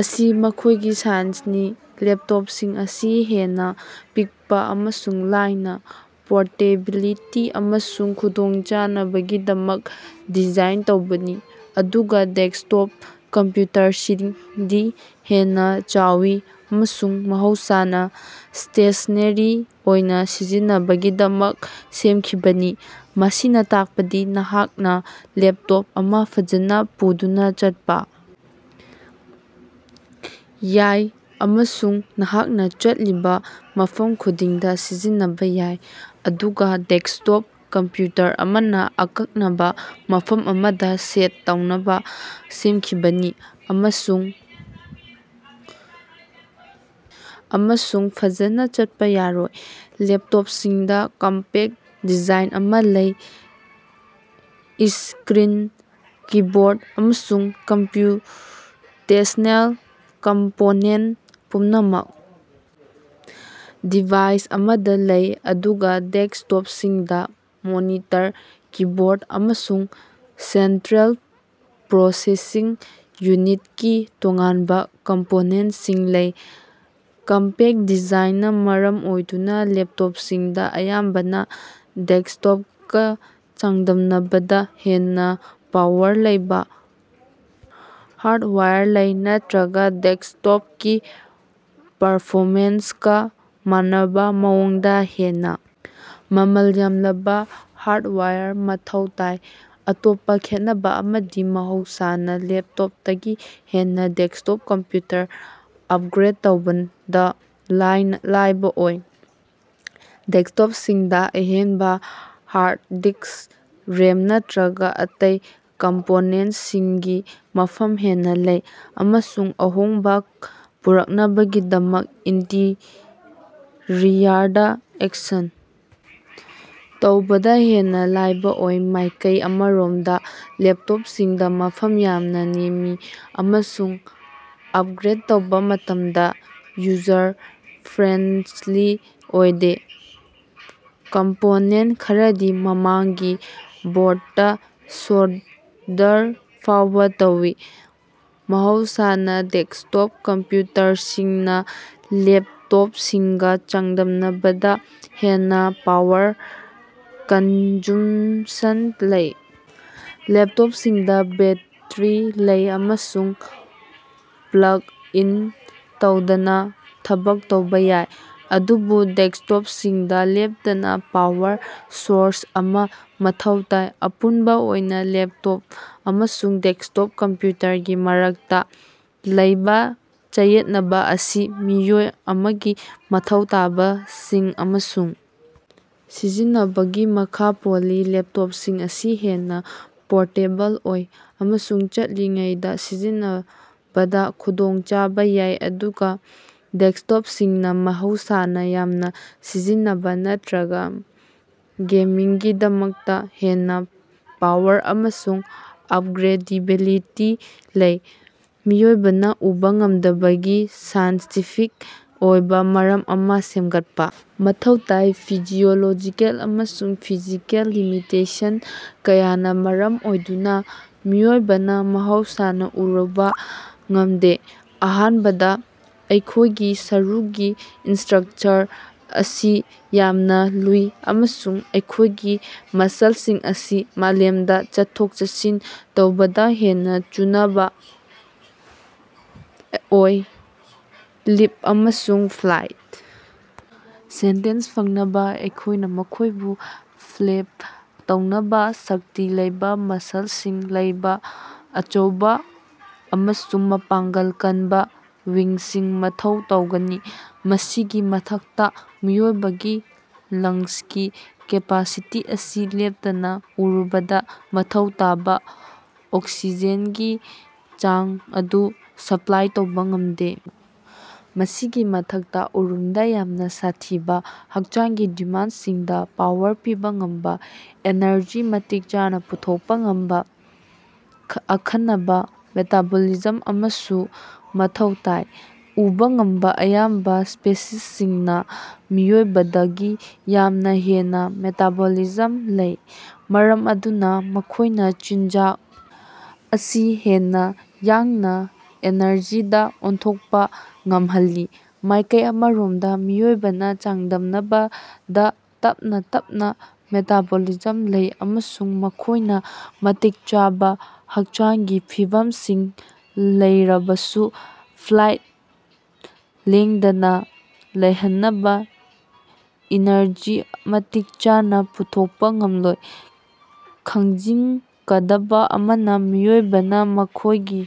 ꯑꯁꯤ ꯃꯈꯣꯏꯒꯤ ꯁꯥꯏꯖꯅꯤ꯫ ꯂꯦꯞꯇꯣꯞꯁꯤꯡ ꯑꯁꯤ ꯍꯦꯟꯅꯥ ꯄꯤꯛꯄꯥ ꯑꯃꯁꯨꯡ ꯂꯥꯏꯅꯥ, ꯄꯣꯔꯇꯦꯕꯤꯂꯤꯇꯤ ꯑꯃꯁꯨꯡ ꯈꯨꯗꯣꯡꯆꯥꯅꯕꯒꯤꯗꯃꯛ ꯗꯤꯖꯥꯏꯟ ꯇꯧꯕꯅꯤ, ꯑꯗꯨꯒꯥ ꯗꯦꯛꯁꯇꯣꯞ ꯀꯝꯄ꯭ꯌꯨꯇꯔꯁꯤꯡꯗꯤ ꯍꯦꯟꯅꯥ ꯆꯥꯎꯏ ꯑꯃꯁꯨꯡ ꯃꯍꯧꯁꯥꯅꯥ ꯁ꯭ꯇꯦꯁꯅꯦꯔꯤ ꯑꯣꯏꯅꯥ ꯁꯤꯖꯤꯟꯅꯅꯕꯒꯤꯗꯃꯛ ꯁꯦꯝꯈꯤꯕꯅꯤ꯫ ꯃꯁꯤꯅꯥ ꯇꯥꯛꯄꯗꯤ ꯅꯍꯥꯛꯅꯥ ꯂꯦꯞꯇꯣꯞ ꯑꯃꯥ ꯐꯖꯅꯥ ꯄꯨꯗꯨꯅꯥ ꯆꯠꯄꯥ ꯌꯥꯏ ꯑꯃꯁꯨꯡ ꯅꯍꯥꯛꯅꯥ ꯆꯠꯂꯤꯕꯥ ꯃꯐꯝ ꯈꯨꯗꯤꯡꯗꯥ ꯁꯤꯖꯤꯟꯅꯕꯥ ꯌꯥꯏ, ꯑꯗꯨꯒꯥ ꯗꯦꯛꯁꯇꯣꯞ ꯀꯝꯄ꯭ꯌꯨꯇꯔ ꯑꯃꯅꯥ ꯑꯀꯛꯅꯕꯥ ꯃꯐꯝ ꯑꯃꯗꯥ ꯁꯦꯠ ꯇꯧꯅꯕꯥ ꯁꯦꯝꯈꯤꯕꯅꯤ ꯑꯃꯁꯨꯡ ꯐꯖꯅꯥ ꯆꯠꯄꯥ ꯌꯥꯔꯣꯏ꯫ ꯂꯦꯞꯇꯣꯞꯁꯤꯡꯗꯥ ꯀꯝꯄꯦꯛ ꯗꯤꯖꯥꯏꯟ ꯑꯃꯥ ꯂꯩ, ꯏꯁꯀ꯭ꯔꯤꯟ, ꯀꯤꯕꯣꯔꯠ ꯑꯃꯁꯨꯡ ꯀꯝꯄ꯭ꯌꯨꯇꯦꯁꯅꯦꯜ ꯀꯝꯄꯣꯅꯦꯟ ꯄꯨꯝꯅꯃꯛ ꯗꯤꯚꯥꯏꯁ ꯑꯃꯗꯥ ꯂꯩ, ꯑꯗꯨꯒꯥ ꯗꯦꯛꯁꯇꯣꯞꯁꯤꯡꯗꯥ ꯃꯣꯅꯤꯇꯔ, ꯀꯤꯕꯣꯔꯠ ꯑꯃꯁꯨꯡ ꯁꯦꯟꯇ꯭ꯔꯦꯜ ꯄ꯭ꯔꯣꯁꯦꯁꯤꯡ ꯌꯨꯅꯤꯠꯀꯤ ꯇꯣꯉꯥꯟꯕꯥ ꯀꯝꯄꯣꯅꯦꯟꯁꯤꯡ ꯂꯩ꯫ ꯀꯝꯄꯦꯛ ꯗꯤꯖꯥꯏꯟꯅꯥ ꯃꯔꯝ ꯑꯣꯏꯗꯨꯅꯥ, ꯂꯦꯞꯇꯣꯞꯁꯤꯡꯗꯥ ꯑꯌꯥꯝꯕꯅꯥ ꯗꯦꯛꯁꯇꯣꯞꯀꯥ ꯆꯥꯡꯗꯝꯅꯕꯗꯥ ꯍꯦꯟꯅꯥ ꯄꯥꯋꯔ ꯂꯩꯕꯥ ꯍꯥꯔꯠꯋꯥꯌꯔ ꯂꯩ, ꯅꯠꯇ꯭ꯔꯒꯥ ꯗꯦꯛꯁꯇꯣꯞꯀꯤ ꯄꯔꯐꯣꯃꯦꯟꯁꯀꯥ ꯃꯥꯟꯅꯕꯥ ꯃꯑꯣꯡꯗꯥ ꯍꯦꯟꯅꯥ ꯃꯃꯜ ꯌꯥꯝꯂꯕꯥ ꯍꯥꯔꯠꯋꯥꯌꯔ ꯃꯊꯧ ꯇꯥꯏ꯫ ꯑꯇꯣꯞꯄꯥ ꯈꯦꯟꯅꯕꯥ ꯑꯃꯗꯤ ꯃꯍꯧꯁꯥꯅꯥ ꯂꯦꯞꯇꯣꯞꯇꯒꯤ ꯍꯦꯟꯅꯥ ꯗꯦꯛꯁꯇꯣꯞ ꯀꯝꯄ꯭ꯌꯨꯇꯔ ꯑꯞꯒ꯭ꯔꯦꯠ ꯇꯧꯕꯗꯥ ꯂꯥꯏꯕꯥ ꯑꯣꯏ꯫ ꯗꯦꯛꯁꯇꯣꯞꯁꯤꯡꯗꯥ ꯑꯍꯦꯟꯕꯥ ꯍꯥꯔꯠ ꯗꯤꯛꯁ, ꯔꯦꯝ, ꯅꯠꯇ꯭ꯔꯒꯥ ꯑꯇꯩ ꯀꯝꯄꯣꯅꯦꯟꯇꯁꯤꯡꯒꯤ ꯃꯐꯝ ꯍꯦꯟꯅꯥ ꯂꯩ ꯑꯃꯁꯨꯡ ꯑꯍꯣꯡꯕꯥ ꯄꯨꯔꯛꯅꯕꯒꯤꯗꯃꯛ ꯏꯟꯇꯤꯔꯤꯌꯔꯗꯥ ꯑꯦꯛꯁꯦꯁ ꯇꯧꯕꯗꯥ ꯍꯦꯟꯅꯥ ꯂꯥꯏꯕꯥ ꯑꯣꯏ꯫ ꯃꯥꯏꯀꯩ ꯑꯃꯔꯣꯝꯗꯥ ꯂꯦꯞꯇꯣꯞꯁꯤꯡꯗꯥ ꯃꯐꯝ ꯌꯥꯝꯅꯥ ꯅꯦꯝꯃꯤ ꯑꯃꯁꯨꯡ ꯑꯞꯒ꯭ꯔꯦꯠ ꯇꯧꯕꯥ ꯃꯇꯝꯗꯥ ꯌꯨꯖꯔ ꯐ꯭ꯔꯦꯟꯂꯤ ꯑꯣꯏꯗꯦ, ꯀꯝꯄꯣꯅꯦꯟ ꯈꯔꯗꯤ ꯃꯃꯥꯡꯒꯤ ꯕꯣꯔꯠꯇꯥ ꯁꯣꯜꯗꯔ ꯐꯥꯎꯕꯥ ꯇꯧꯏ꯫ ꯃꯍꯧꯁꯥꯅꯥ ꯗꯦꯛꯁꯇꯣꯞ ꯀꯝꯄ꯭ꯌꯨꯇꯔꯁꯤꯡꯅꯥ ꯂꯦꯞꯇꯣꯞꯁꯤꯡꯒꯥ ꯆꯥꯡꯗꯝꯅꯕꯗꯥ ꯍꯦꯟꯅꯥ ꯄꯥꯋꯔ ꯀꯟꯖꯨꯝꯁꯟ ꯂꯩ꯫ ꯂꯦꯞꯇꯣꯞꯁꯤꯡꯗꯥ ꯕꯦꯠꯇꯔꯤ ꯂꯩ ꯑꯃꯁꯨꯡ ꯄ꯭ꯂꯛ ꯏꯟ ꯇꯧꯗꯅꯥ ꯊꯕꯛ ꯇꯧꯕꯥ ꯌꯥꯏ, ꯑꯗꯨꯕꯨ ꯗꯦꯛꯁꯇꯣꯞꯁꯤꯡꯗꯥ ꯂꯦꯞꯇꯅꯥ ꯄꯥꯋꯔ ꯁꯣꯔꯁ ꯑꯃꯥ ꯃꯊꯧ ꯇꯥꯏ꯫ ꯑꯄꯨꯟꯕꯥ ꯑꯣꯏꯅꯥ ꯂꯦꯞꯇꯣꯞ ꯑꯃꯁꯨꯡ ꯗꯦꯛꯁꯇꯣꯞ ꯀꯝꯄ꯭ꯌꯨꯇꯔꯒꯤ ꯃꯔꯛꯇꯥ ꯂꯩꯕꯥ ꯆꯌꯦꯠꯅꯕꯥ ꯑꯁꯤ ꯃꯤꯑꯣꯏ ꯑꯃꯒꯤ ꯃꯊꯧ ꯇꯥꯕꯁꯤꯡ ꯑꯃꯁꯨꯡ ꯁꯤꯖꯤꯟꯅꯕꯒꯤ ꯃꯈꯥ ꯄꯣꯜꯂꯤ꯫ ꯂꯦꯞꯇꯣꯞꯁꯤꯡ ꯑꯁꯤ ꯍꯦꯟꯅꯥ ꯄꯣꯔꯇꯦꯕꯜ ꯑꯣꯏ ꯑꯃꯁꯨꯡ ꯆꯠꯂꯤꯉꯩꯗꯥ ꯁꯤꯖꯤꯟꯅꯕꯗꯥ ꯈꯨꯗꯣꯡꯆꯥꯕꯥ ꯌꯥꯏ, ꯑꯗꯨꯒꯥ ꯗꯦꯛꯁꯇꯣꯞꯁꯤꯡꯅꯥ ꯃꯍꯧꯁꯥꯅꯥ ꯌꯥꯝꯅꯥ ꯁꯤꯖꯤꯟꯅꯕꯥ ꯅꯠꯇ꯭ꯔꯒꯥ ꯒꯦꯃꯤꯡꯒꯤꯗꯃꯛꯇꯥ ꯍꯦꯟꯅꯥ ꯄꯥꯋꯔ ꯑꯃꯁꯨꯡ ꯑꯞꯒ꯭ꯔꯦꯗꯦꯕꯤꯂꯤꯇꯤ ꯂꯩ꯫ ꯃꯤꯑꯣꯏꯕꯅꯥ ꯎꯕꯥ ꯉꯝꯗꯕꯒꯤ ꯁꯥꯏꯟꯇꯤꯐꯤꯛ ꯑꯣꯏꯕꯥ ꯃꯔꯝ ꯑꯃꯥ ꯁꯦꯝꯒꯠꯄꯥ ꯃꯊꯧ ꯇꯥꯏ꯫ ꯐꯤꯖꯤꯑꯣꯂꯣꯖꯤꯀꯦꯜ ꯑꯃꯁꯨꯡ ꯐꯤꯖꯤꯀꯦꯜ ꯂꯤꯃꯤꯇꯦꯁꯟ ꯀꯌꯥꯅꯥ ꯃꯔꯝ ꯑꯣꯏꯗꯨꯅꯥ ꯃꯤꯑꯣꯏꯕꯅꯥ ꯃꯍꯧꯁꯥꯅꯥ ꯎꯔꯨꯕꯥ ꯉꯝꯗꯦ꯫ ꯑꯍꯥꯟꯕꯗꯥ, ꯑꯩꯈꯣꯏꯒꯤ ꯁꯔꯨꯒꯤ ꯏꯁꯇ꯭ꯔꯛꯆꯔ ꯑꯁꯤ ꯌꯥꯝꯅꯥ ꯂꯨꯏ ꯑꯃꯁꯨꯡ ꯑꯩꯈꯣꯏꯒꯤ ꯃꯁꯜꯁꯤꯡ ꯑꯁꯤ ꯃꯥꯂꯦꯝꯗꯥ ꯆꯠꯊꯣꯛ-ꯆꯠꯁꯤꯟ ꯇꯧꯕꯗꯥ ꯍꯦꯟꯅꯥ ꯆꯨꯅꯕꯥ ꯑꯣꯏ꯫ ꯂꯤꯞ ꯑꯃꯁꯨꯡ ꯐ꯭ꯂꯥꯏꯠ ꯁꯁ꯭ꯇꯦꯟꯁ ꯐꯪꯅꯕꯥ ꯑꯩꯈꯣꯏꯅꯥ ꯃꯈꯣꯏꯕꯨ ꯐ꯭ꯂꯦꯞ ꯇꯧꯅꯕꯥ ꯁꯛꯇꯤ ꯂꯩꯕꯥ ꯃꯁꯜꯁꯤꯡ ꯂꯩꯕꯥ ꯑꯆꯧꯕꯥ ꯑꯃꯁꯨꯡ ꯃꯄꯥꯡꯒꯜ ꯀꯟꯕꯥ ꯋꯤꯡꯁꯤꯡ ꯃꯊꯧ ꯇꯧꯒꯅꯤ꯫ ꯃꯁꯤꯒꯤ ꯃꯊꯛꯇꯥ, ꯃꯤꯑꯣꯏꯕꯒꯤ ꯂꯪꯁꯀꯤ ꯀꯦꯄꯥꯁꯤꯇꯤ ꯑꯁꯤ ꯂꯦꯞꯇꯅꯥ ꯎꯔꯨꯕꯗꯥ ꯃꯊꯧ ꯇꯥꯕꯥ ꯑꯣꯛꯁꯤꯖꯦꯟꯒꯤ ꯆꯥꯡ ꯑꯗꯨ ꯁꯄ꯭ꯂꯥꯏ ꯇꯧꯕꯥ ꯉꯝꯗꯦ꯫ ꯃꯁꯤꯒꯤ ꯃꯊꯛꯇꯥ, ꯎꯔꯨꯝꯗꯥ ꯌꯥꯝꯅꯥ ꯁꯥꯊꯤꯕꯥ ꯍꯛꯆꯥꯡꯒꯤ ꯗꯤꯃꯥꯟꯗꯁꯤꯡꯗꯥ ꯄꯥꯋꯔ ꯄꯤꯕꯥ ꯉꯝꯕꯥ ꯑꯦꯅꯔꯖꯤ ꯃꯇꯤꯛ ꯆꯥꯅꯥ ꯄꯨꯊꯣꯛꯄꯥ ꯉꯝꯕꯥ ꯑꯈꯟꯅꯕꯥ ꯃꯦꯇꯥꯕꯣꯂꯤꯖꯝ ꯑꯃꯁꯨ ꯃꯊꯧ ꯇꯥꯏ꯫ ꯎꯕꯥ ꯉꯝꯕꯥ ꯑꯌꯥꯝꯕꯥ ꯁ꯭ꯄꯦꯁꯤꯁꯁꯤꯡꯅꯥ ꯃꯤꯑꯣꯏꯕꯗꯒꯤ ꯌꯥꯝꯅꯥ ꯍꯦꯟꯅꯥ ꯃꯦꯇꯥꯕꯣꯂꯤꯖꯝ ꯂꯩ, ꯃꯔꯝ ꯑꯗꯨꯅꯥ ꯃꯈꯣꯏꯅꯥ ꯆꯤꯟꯖꯥꯛ ꯑꯁꯤ ꯍꯦꯟꯅꯥ ꯌꯥꯡꯅꯥ ꯑꯦꯅꯔꯖꯤꯗꯥ ꯑꯣꯟꯊꯣꯛꯄꯥ ꯉꯝꯍꯜꯂꯤ꯫ ꯃꯥꯏꯀꯩ ꯑꯃꯔꯣꯝꯗꯥ ꯃꯤꯑꯣꯏꯕꯅꯥ ꯆꯥꯡꯗꯝꯅꯕꯗꯥ ꯇꯞꯅꯥ ꯇꯞꯅꯥ ꯃꯦꯇꯥꯕꯣꯂꯤꯖꯝ ꯂꯩ ꯑꯃꯁꯨꯡ ꯃꯈꯣꯏꯅꯥ ꯃꯇꯤꯛ ꯆꯥꯕꯥ ꯍꯛꯆꯥꯡꯒꯤ ꯐꯤꯕꯝꯁꯤꯡ ꯂꯩꯔꯕꯁꯨ ꯐ꯭ꯂꯥꯏꯠ ꯂꯦꯡꯗꯅꯥ ꯂꯩꯍꯟꯅꯕꯥ ꯏꯅꯔꯖꯤ ꯃꯇꯤꯛ ꯆꯥꯅꯥ ꯄꯨꯊꯣꯛꯄꯥ ꯉꯝꯂꯣꯏ꯫ ꯈꯪꯖꯤꯟꯒꯗꯕꯥ ꯑꯃꯅꯥ, ꯃꯤꯑꯣꯏꯕꯅꯥ ꯃꯈꯣꯏꯒꯤ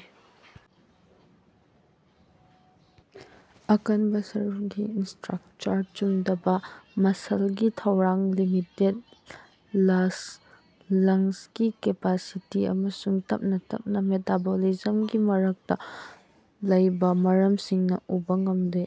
ꯑꯀꯟꯕꯥ ꯁꯔꯨꯒꯤ ꯏꯁꯇ꯭ꯔꯛꯆꯔ, ꯆꯨꯝꯗꯕꯥ ꯃꯁꯜꯒꯤ ꯊꯧꯔꯥꯡ, ꯂꯤꯃꯤꯇꯦꯠ ꯂꯪꯁꯀꯤ ꯀꯦꯄꯥꯁꯤꯇꯤ ꯑꯃꯁꯨꯡ ꯇꯞꯅꯥ ꯇꯞꯅꯥ ꯃꯦꯇꯥꯕꯣꯂꯤꯖꯝꯒꯤ ꯃꯔꯛꯇꯥ ꯂꯩꯕꯥ ꯃꯔꯝꯁꯤꯡꯅꯥ ꯎꯕꯥ ꯉꯝꯗꯦ꯫